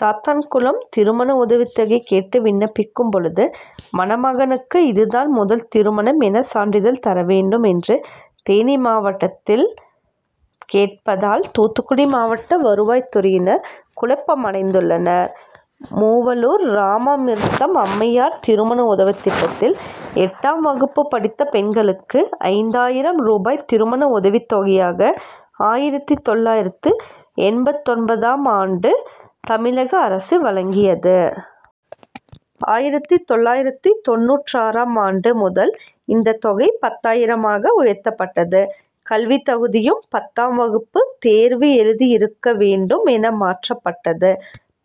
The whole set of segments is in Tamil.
சாத்தான்குளம் திருமண உதவித்தொகை கேட்டு விண்ணப்பிக்கும் பொழுது மணமகனுக்கு இதுதான் முதல் திருமணம் என சான்றிதழ் தர வேண்டும் என்று தேனி மாவட்டத்தில் கேட்பதால் தூத்துக்குடி மாவட்ட வருவாய்த்துறையினர் குழப்பமடைந்துள்ளனர். மூவலூர் ராமாமிர்தம் அம்மையார் திருமண உதவித்திட்டத்தில் எட்டாம் வகுப்பு படித்த பெண்களுக்கு ஐந்தாயிரம் ரூபாய் திருமண உதவித்தொகையாக ஆயிரத்து தொள்ளாயிரத்து எண்பத்தொன்பதாம் ஆண்டு தமிழக அரசு வழங்கியது. ஆயிரத்து தொள்ளாயிரத்து தொண்ணூற்றாறாம் ஆண்டு முதல் இந்தத் தொகை பத்தாயிரமாக உயர்த்தப்பட்டது. கல்வித்தகுதியும் பத்தாம் வகுப்பு தேர்வு எழுதி இருக்க வேண்டும் என மாற்றப்பட்டது.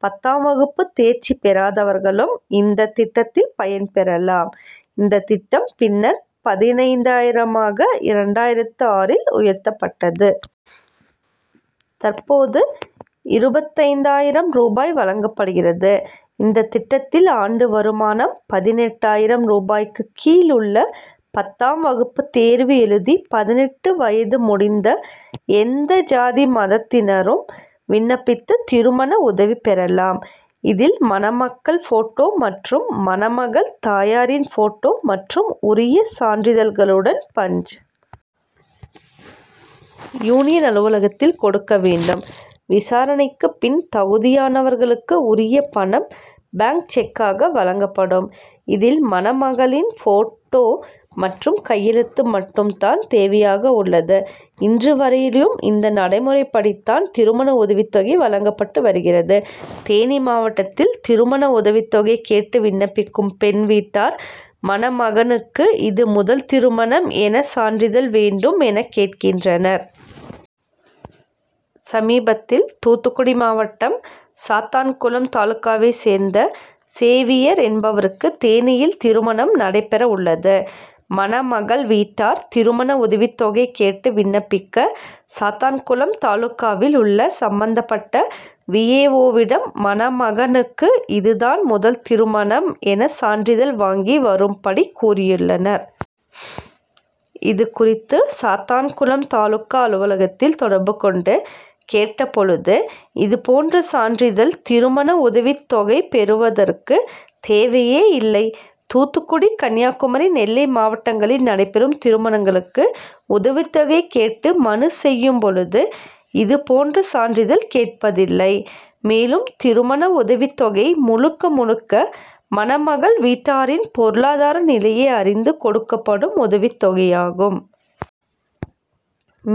பத்தாம் வகுப்பு தேர்ச்சி பெறாதவர்களும் இந்தத் திட்டத்தில் பயன் பெறலாம். இந்தத் திட்டம் பின்னர் பதினைந்தாயிரமாக இரண்டாயிரத்து ஆறில் உயர்த்தப்பட்டது. தற்போது இருபத்தைந்தாயிரம் ரூபாய் வழங்கப்படுகிறது. இந்தத் திட்டத்தில் ஆண்டு வருமானம் பதினெட்டாயிரம் ரூபாய்க்கு கீழ் உள்ள பத்தாம் வகுப்பு தேர்வு எழுதி பதினெட்டு வயது முடிவடைந்த எந்த ஜாதி மதத்தினரும் விண்ணப்பித்து திருமண உதவி பெறலாம். இதில் மணமக்கள் போட்டோ மற்றும் மணமகள் தாயாரின் போட்டோ மற்றும் உரிய சான்றிதழ்களுடன் பஞ். யூனியன் அலுவலகத்தில் கொடுக்க வேண்டும். விசாரணைக்குப் பின் தகுதியானவர்களுக்கு உரிய பணம் பாங்க் செக்காக வழங்கப்படும். இதில் மணமகளின் போட்டோ மற்றும் கையெழுத்து மட்டும் தான் தேவையாக உள்ளது. இன்று வரையிலும் இந்த நடைமுறைப்படித்தான் திருமண உதவித்தொகை வழங்கப்பட்டு வருகிறது. தேனி மாவட்டத்தில் திருமண உதவித்தொகை கேட்டு விண்ணப்பிக்கும் பெண் வீட்டார் மணமகனுக்கு இது முதல் திருமணம் என சான்றிதழ் வேண்டும் என கேட்கின்றனர். சமீபத்தில் தூத்துக்குடி மாவட்டம் சாத்தான்குளம் தாலுகாவைச் சேர்ந்த சேவியர் என்பவருக்கு தேனியில் திருமணம் நடைபெற உள்ளது. மணமகள் வீட்டார் திருமண உதவித்தொகை கேட்டு விண்ணப்பிக்க சாத்தான்குளம் தாலுகாவில் உள்ள சம்பந்தப்பட்ட வி. ஏ. ஓ.விடம் மணமகனுக்கு இதுதான் முதல் திருமணம் என சான்றிதழ் வாங்கி வரும்படி கூறியுள்ளனர். இது குறித்து சாத்தான்குளம் தாலுகா அலுவலகத்தில் தொடர்பு கொண்டு கேட்ட பொழுது இது போன்ற சான்றிதழ் திருமண உதவித்தொகை பெறுவதற்கு தேவையே இல்லை. தூத்துக்குடி கன்னியாகுமரி நெல்லை மாவட்டங்களில் நடைபெறும் திருமணங்களுக்கு உதவித்தொகை கேட்டு மனு செய்யும் பொழுது இது போன்ற சான்றிதழ் கேட்பதில்லை. மேலும் திருமண உதவித்தொகை முழுக்க முழுக்க மணமகள் வீட்டாரின் பொருளாதார நிலையை அறிந்து கொடுக்கப்படும் உதவித்தொகையாகும்.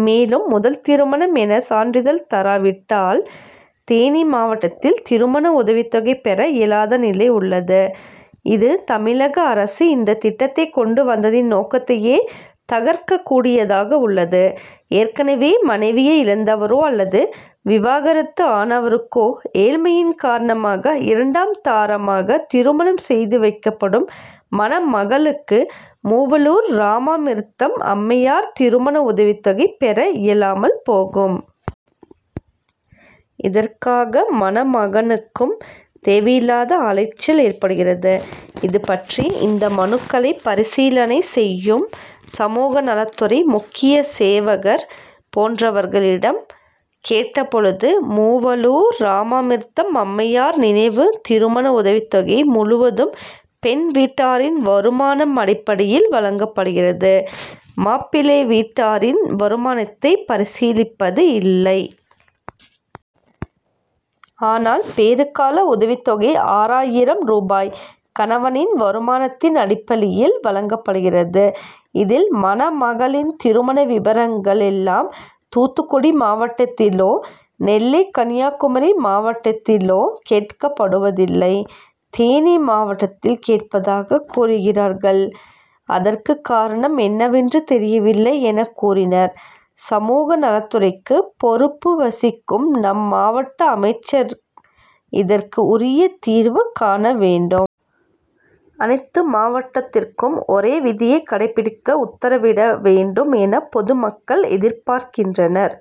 மேலும் முதல் திருமணம் என சான்றிதழ் தராவிட்டால் தேனி மாவட்டத்தில் திருமண உதவித்தொகை பெற இயலாத நிலை உள்ளது. இது தமிழக அரசு இந்தத் திட்டத்தைக் கொண்டு வந்ததின் நோக்கத்தையே தகர்க்கக்கூடியதாக உள்ளது. ஏற்கனவே மனைவியை இழந்தவரோ அல்லது விவாகரத்து ஆனவருக்கோ ஏழ்மையின் காரணமாக இரண்டாம் தாரமாக திருமணம் செய்து வைக்கப்படும் மணமகளுக்கு மூவலூர் ராமாமிர்தம் அம்மையார் திருமண உதவித்தொகை பெற இயலாமல் போகும். இதற்காக மணமகனுக்கும் தேவையில்லாத அலைச்சல் ஏற்படுகிறது. இது பற்றி இந்த மனுக்களை பரிசீலனை செய்யும் சமூக நலத்துறை முக்கிய சேவகர் போன்றவர்களிடம் கேட்ட பொழுது மூவலூர் ராமாமிர்தம் அம்மையார் நினைவு திருமண உதவித்தொகை முழுவதும் பெண் வீட்டாரின் வருமானம் அடிப்படையில் வழங்கப்படுகிறது. மாப்பிள்ளை வீட்டாரின் வருமானத்தை பரிசீலிப்பது இல்லை. ஆனால் பேறு கால உதவித்தொகை ஆறாயிரம் ரூபாய் கணவனின் வருமானத்தின் அடிப்படையில் வழங்கப்படுகிறது. இதில் மணமகளின் திருமண விபரங்கள் எல்லாம் தூத்துக்குடி மாவட்டத்திலோ நெல்லை கன்னியாகுமரி மாவட்டத்திலோ கேட்கப்படுவதில்லை. தேனி மாவட்டத்தில் கேட்பதாகக் கூறுகிறீர்கள். அதற்கு காரணம் என்னவென்று தெரியவில்லை என கூறினார். சமூக நலத்துறைக்கு பொறுப்பு வகிக்கும் நம் மாவட்ட அமைச்சர் இதற்கு உரிய தீர்வு காண வேண்டும். அனைத்து மாவட்டத்திற்கும் ஒரே விதியை கடைபிடிக்க உத்தரவிட வேண்டும் என பொது மக்கள் எதிர்பார்க்கின்றனர்.